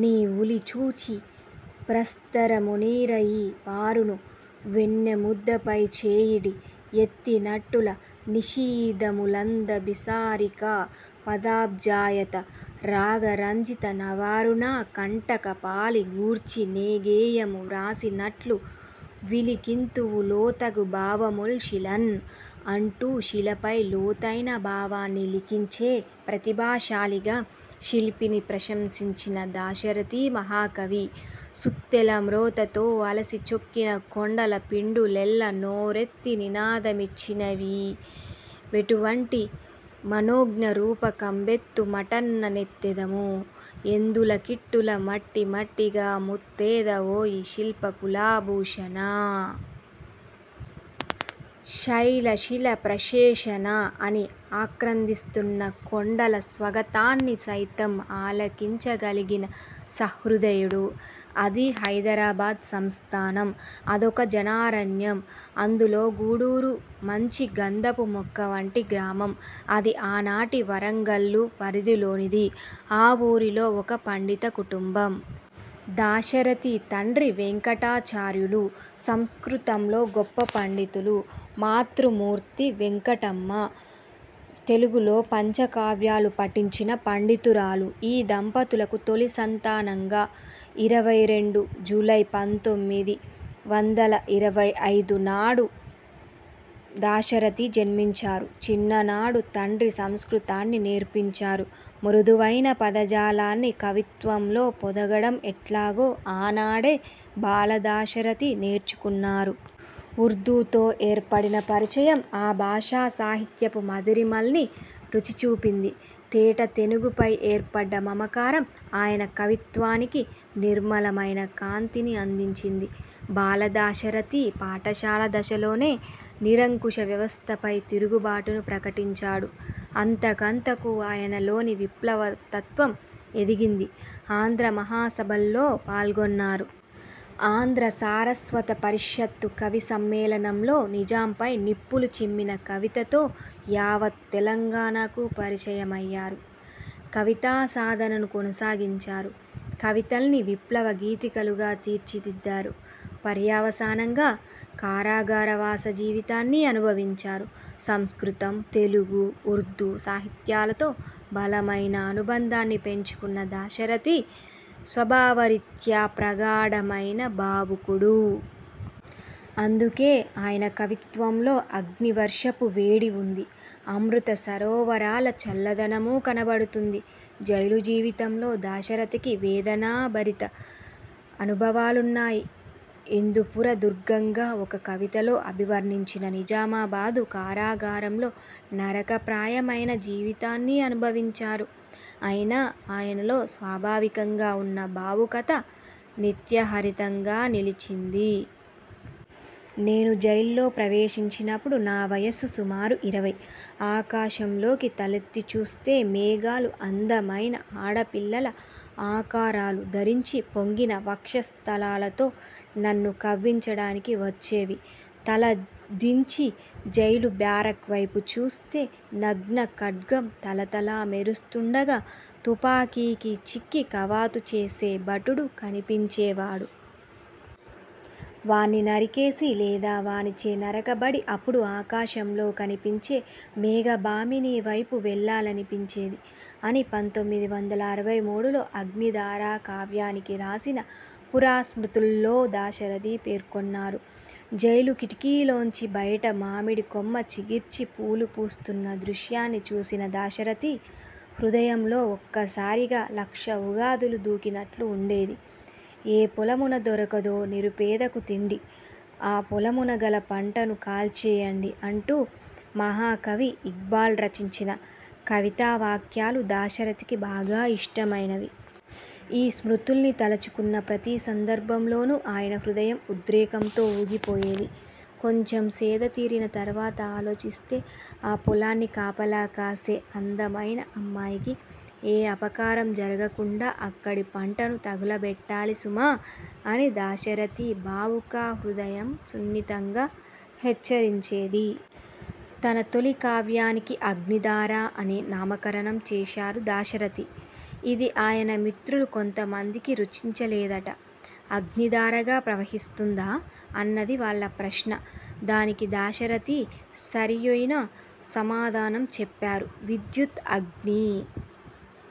'నీ ఉలిచూచి ప్రస్తరమునీరయి పారును వెన్నముద్దపైచేయిడి యెత్తినట్టుల నిశీధములందభిసారికా పదాబ్జాయత రాగరంజిత నవారుణ కంటక పాళి గూర్చినేగేయము వ్రాసినట్లు, విలిఖింతువు లోతగు భావముల్ శిలన్'' అంటూ శిలపై లోతయిన భావాన్ని లిఖించే ప్రతిభా శాలిగా శిల్పిని ప్రశంసించిన దాశరథి మహాకవి- 'సుత్తెల మ్రోతతో అలసిచొక్కిన కొండల పిండులెల్ల నోరెత్తి నినాదమిచ్చినవిఈ వెటువంటి మనోజ్ఞ రూపకంబెత్తు మటన్న నెత్తెదము; ఎందుల కిట్టుల మట్టిమట్టిగామొత్తెదవోయి శిల్పకులభూషణ! శైల శిల ప్రషేషణా! ' అని ఆక్రందిస్తున్న కొండల స్వగతాన్ని సైతం ఆలకిం చగలిగిన సహృదయుడు. అది హైదరాబాద్ సంస్థానం. అదొక జనారణ్యం. అందులో గూడూరు మంచి గంధపు మొక్క వంటి గ్రామం. అది ఆనాటి వరంగల్లు పరిధిలోనిది. ఆ ఊరిలో ఒక పండిత కుటుంబం. దాశరథి తండ్రి వేంకటాచార్యులు. సంస్కృతంలో గొప్ప పండితులు. మాతృమూర్తి వేంకటమ్మ. తెలుగులో పంచకావ్యాలు పఠించిన పండితురాలు. ఈ దంపతులకు తొలి సంతానంగా ఇరవై రెండు జూలై పంతోమిది వందల ఇరవై ఐదు నాడు దాశరథి జన్మిం చారు. చిన్ననాడు తండ్రి సంస్కృతాన్ని నేర్పించారు. మృదు వైన పదజాలాన్ని కవిత్వంలో పొదగడం ఎట్లాగో ఆనాడే బాల దాశరథి నేర్చుకున్నారు. ఉర్దూతో ఏర్పడిన పరిచయం ఆ భాషా సాహిత్యపు మధురిమల్ని రుచి చూపింది. తేట తెనుగుపై ఏర్పడ్డ మమకారం ఆయన కవిత్వానికి నిర్మల మైన కాంతిని అందించింది. బాల దాశరథి పాఠశాల దశలోనే నిరంకుశ వ్యవస్థపై తిరుగుబాటును ప్రకటించాడు. అంతకంతకూ ఆయనలోని విప్లవతత్వం ఎదిగింది. ఆంధ్ర మహాసభల్లో పాల్గొన్నారు. ఆంధ్ర సారస్వత పరిషత్తు కవి సమ్మేళనం లో నిజాంపై నిప్పులు చిమ్మిన కవితతో యావత్ తెలంగాణకు పరిచయమ య్యారు. కవితా సాధనను కొనసాగించారు. కవితల్ని విప్లవ గీతికలుగా తీర్చిదిద్దారు. పర్యవసానంగా కారాగారవాస జీవితాన్ని అనుభవించారు. సంస్కృతం, తెలుగు, ఉర్దూ సాహిత్యాలతో బలమైన అనుబంధాన్ని పెంచుకున్న దాశరథి స్వభావరీత్యా ప్రగాఢ మైన భావుకుడు. అందుకే ఆయన కవిత్వంలో అగ్నివర్షపు వేడి ఉంది. అమృత సరోవరాల చల్లదనమూ కనబడు తుంది. జైలు జీవితంలో దాశరథికి వేదనాభరిత అనుభవా లున్నాయి. ఇందుపుర దుర్గంగా ఒక కవితలో అభివర్ణించిన నిజామాబాదు కారాగారంలో నరకప్రాయమైన జీవితాన్ని అనుభవించారు. అయినా ఆయనలో స్వాభావికంగా ఉన్న భావుకత నిత్యహరితంగా నిలిచింది. ''నేను జైల్లో ప్రవేశిం చినపుడు నా వయస్సు సుమారు ఇరవై. ఆకాశంలోకి తలెత్తి చూస్తే మేఘాలు అందమైన ఆడపిల్లల ఆకారాలు ధరించి పొంగిన వక్షస్థలాలతో నన్ను కవ్వించడానికి వచ్చేవి. తల దించి జైలు బ్యారక్ వైపు చూస్తే, నగ్న ఖడ్గం తళతళ మెరు స్తుండగా తుపాకీకి చిక్కి కవాతుచేసే భటుడు కనిపించే వాడు. వాణ్ణి నరికేసి, లేదా వానిచే నరకబడి అపుడు ఆకాశంలో కనిపించే మేఘభామిని వైపు వెళ్లాలనిపించేది'' అని పంతోమిది వందల అరవై మూడు లో 'అగ్నిధార' కావ్యానికి రాసిన 'పురాస్మృతు'ల్లో దాశరథి పేర్కొన్నారు. జైలు కిటికీ లోంచి బయట మామిడి కొమ్మ చిగిర్చి పూలు పూస్తున్న దృశ్యాన్ని చూసిన దాశరథి హృదయంలో ఒక్కసారిగా లక్ష ఉగాదులు దూకినట్లు ఉండేది: ''ఏ పొలమున దొరకదొ నిరుపేదకు తిండి/ ఆ పొలమున గల పంటను కాల్చే యండి'' అంటూ మహా కవి ఇక్బాల్ రచించిన కవితా వాక్యాలు దాశరథికి బాగా ఇష్టమైనవి. ఈ స్మృతుల్ని తలచుకున్న ప్రతి సందర్భంలోను ఆయన హృదయం ఉద్రేకంతో ఊగిపోయేది. కొంచెం సేద తీరిన తరువాత ఆలోచిస్తే ''ఆ పొలాన్ని కాపలాకాసే అందమైన అమ్మాయికి ఏ అపకారం జరగకుండా అక్కడి పంటను తగులబెట్టాలి సుమా! '' అని దాశ రథి భావుక హృదయం సున్నితంగా హెచ్చరించేది. తన తొలి కావ్యానికి 'అగ్నిధార' అని నామకరణం చేశారు దాశరథి. ఇది ఆయన మిత్రులు కొంతమందికి రుచించలేదట. ''అగ్ని ధారగా ప్రవహిస్తుందా? '' అన్నది వాళ్ళ ప్రశ్న. దానికి దాశరథి సరియైున సమాధానం చెప్పారు: ''విద్యుత్ అగ్ని